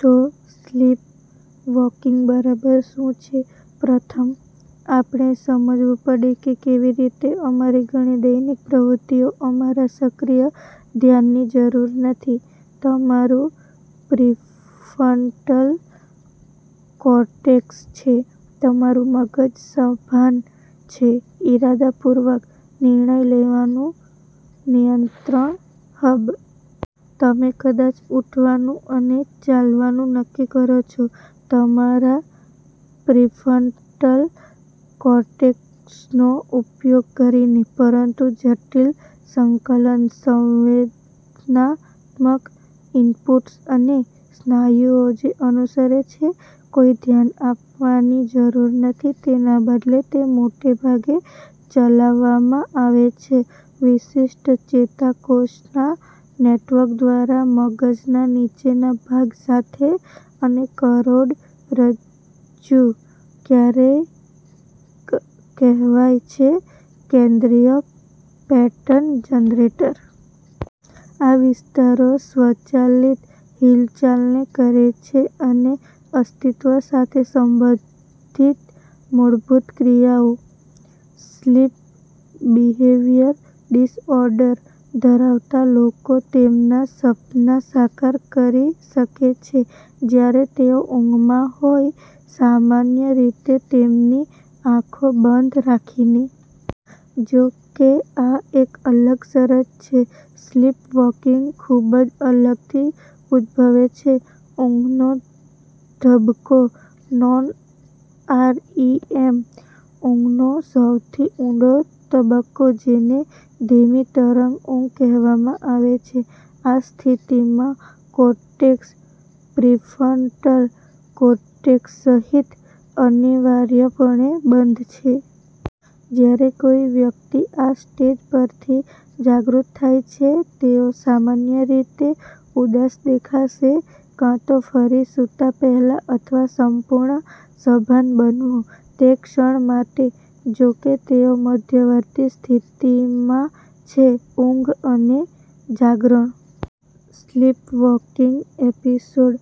તો, સ્લીપવૉકિંગ બરાબર શું છે? પ્રથમ, આપણે સમજવું પડશે કે કેવી રીતે અમારી ઘણી દૈનિક પ્રવૃત્તિઓ અમારા સક્રિય ધ્યાનની જરૂર નથી. તમારું પ્રીફ્રન્ટલ કોર્ટેક્સ છે તમારું મગજ સભાન છે, ઇરાદાપૂર્વક, નિર્ણય લેવાનું નિયંત્રણ હબ. તમે કદાચ ઉઠવાનું અને ચાલવાનું નક્કી કરો છો તમારા પ્રીફ્રન્ટલ કોર્ટેક્સનો ઉપયોગ કરીને, પરંતુ જટિલ સંકલન સંવેદનાત્મક ઇનપુટ્સ અને સ્નાયુઓ જે અનુસરે છે કોઈ ધ્યાન આપવાની જરૂર નથી. તેના બદલે, તે મોટે ભાગે ચલાવવામાં આવે છે વિશિષ્ટ ચેતા કોષોના નેટવર્ક દ્વારા મગજના નીચેના ભાગ સાથે અને કરોડરજ્જુ, ક્યારેક કહેવાય છે "કેન્દ્રીય પેટર્ન જનરેટર. " આ વિસ્તારો સ્વચાલિત હિલચાલને કરે છે અને અસ્તિત્વ સાથે સંબંધિત મૂળભૂત ક્રિયાઓ. સ્લીપ બિહેવિયર ડિસઓર્ડર ધરાવતા લોકો તેમના સપના સાકાર કરી શકે છે જ્યારે તેઓ ઊંઘમાં હોય, સામાન્ય રીતે તેમની આંખો બંધ રાખીને. જો કે, આ એક અલગ શરત છે. સ્લીપવૉકિંગ ખૂબ જ અલગથી ઉદભવે છે ઊંઘનો તબક્કો- નોન-આરઈએમ ઊંઘનો સૌથી ઊંડો તબક્કો, જેને "ધીમી-તરંગ ઊંઘ" કહેવામાં આવે છે. આ સ્થિતિમાં, કોર્ટેક્સ, પ્રીફ્રન્ટલ કોર્ટેક્સ સહિત, અનિવાર્યપણે બંધ છે. જ્યારે કોઈ વ્યક્તિ આ સ્ટેજ પરથી જાગૃત થાય છે, તેઓ સામાન્ય રીતે ઉદાસ દેખાશે કાં તો ફરી સૂતા પહેલા અથવા સંપૂર્ણ સભાન બનવું. તે ક્ષણ માટે, જોકે, તેઓ મધ્યવર્તી સ્થિતિમાં છે ઊંઘ અને જાગરણ. સ્લીપવોકિંગ એપિસોડ,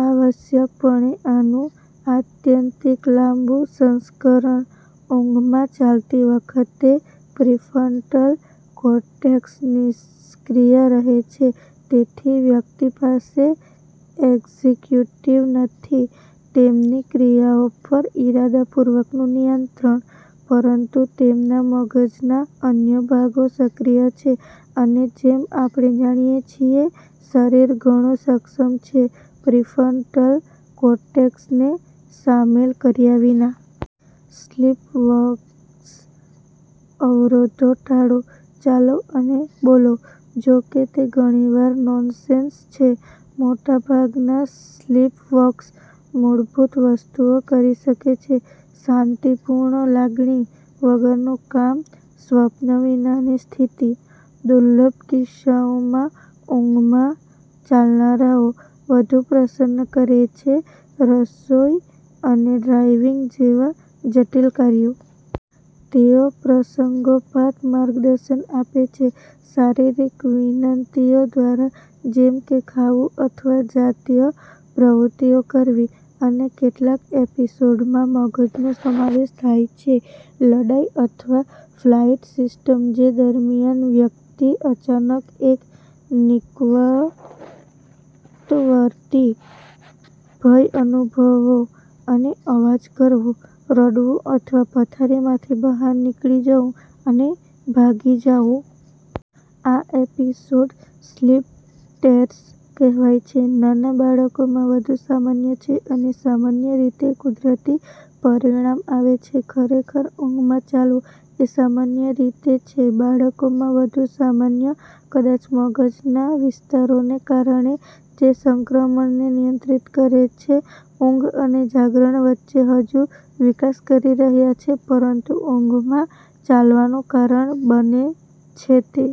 આવશ્યકપણે, આનું આત્યંતિક, લાંબું સંસ્કરણ. ઊંઘમાં ચાલતી વખતે, પ્રીફ્રન્ટલ કોર્ટેક્સ નિષ્ક્રિય રહે છે, તેથી વ્યક્તિ પાસે એક્ઝિક્યુટિવ નથી, તેમની ક્રિયાઓ પર ઇરાદાપૂર્વકનું નિયંત્રણ. પરંતુ તેમના મગજના અન્ય ભાગો સક્રિય છે. અને, જેમ આપણે જાણીએ છીએ, શરીર ઘણું સક્ષમ છે પ્રીફ્રન્ટલ કોર્ટેક્સને સામેલ કર્યા વિના. સ્લીપવોકર્સ અવરોધો ટાળો, ચાલો અને બોલો- જો કે તે ઘણીવાર નોનસેન્સ છે. મોટાભાગના સ્લીપવૉકર્સ મૂળભૂત વસ્તુઓ કરી શકે છે, શાંતિપૂર્ણ, લાગણી વગરનું કામ સ્વપ્ન વિનાની સ્થિતિ. દુર્લભ કિસ્સાઓમાં, ઊંઘમાં ચાલનારાઓ વધુ પ્રદર્શન કરે છે રસોઈ અને ડ્રાઇવિંગ જેવા જટિલ કાર્યો. તેઓ પ્રસંગોપાત માર્ગદર્શન આપે છે શારીરિક વિનંતીઓ દ્વારા, જેમ કે ખાવું અથવા જાતીય પ્રવૃત્તિઓ કરવી. અને કેટલાક એપિસોડમાં મગજનો સમાવેશ થાય છે લડાઈ અથવા ફ્લાઇટ સિસ્ટમ, જે દરમિયાન વ્યક્તિ અચાનક એક નિકટવર્તી ભય અનુભવો, અને અવાજ કરવો, રડવું અથવા પથારીમાંથી બહાર નીકળી જવું અને ભાગી જાઓ. આ એપિસોડ્સ, "સ્લીપ ટેરર્સ" કહેવાય છે. નાના બાળકોમાં વધુ સામાન્ય છે અને સામાન્ય રીતે કુદરતી પરિણામ આવે છે. ખરેખર, ઊંઘમાં ચાલવું એ સામાન્ય રીતે છે બાળકોમાં વધુ સામાન્ય, કદાચ મગજના વિસ્તારોને કારણે જે સંક્રમણને નિયંત્રિત કરે છે ઊંઘ અને જાગરણ વચ્ચે હજુ વિકાસ કરી રહ્યા છે. પરંતુ ઊંઘમાં ચાલવાનું કારણ બને છે તે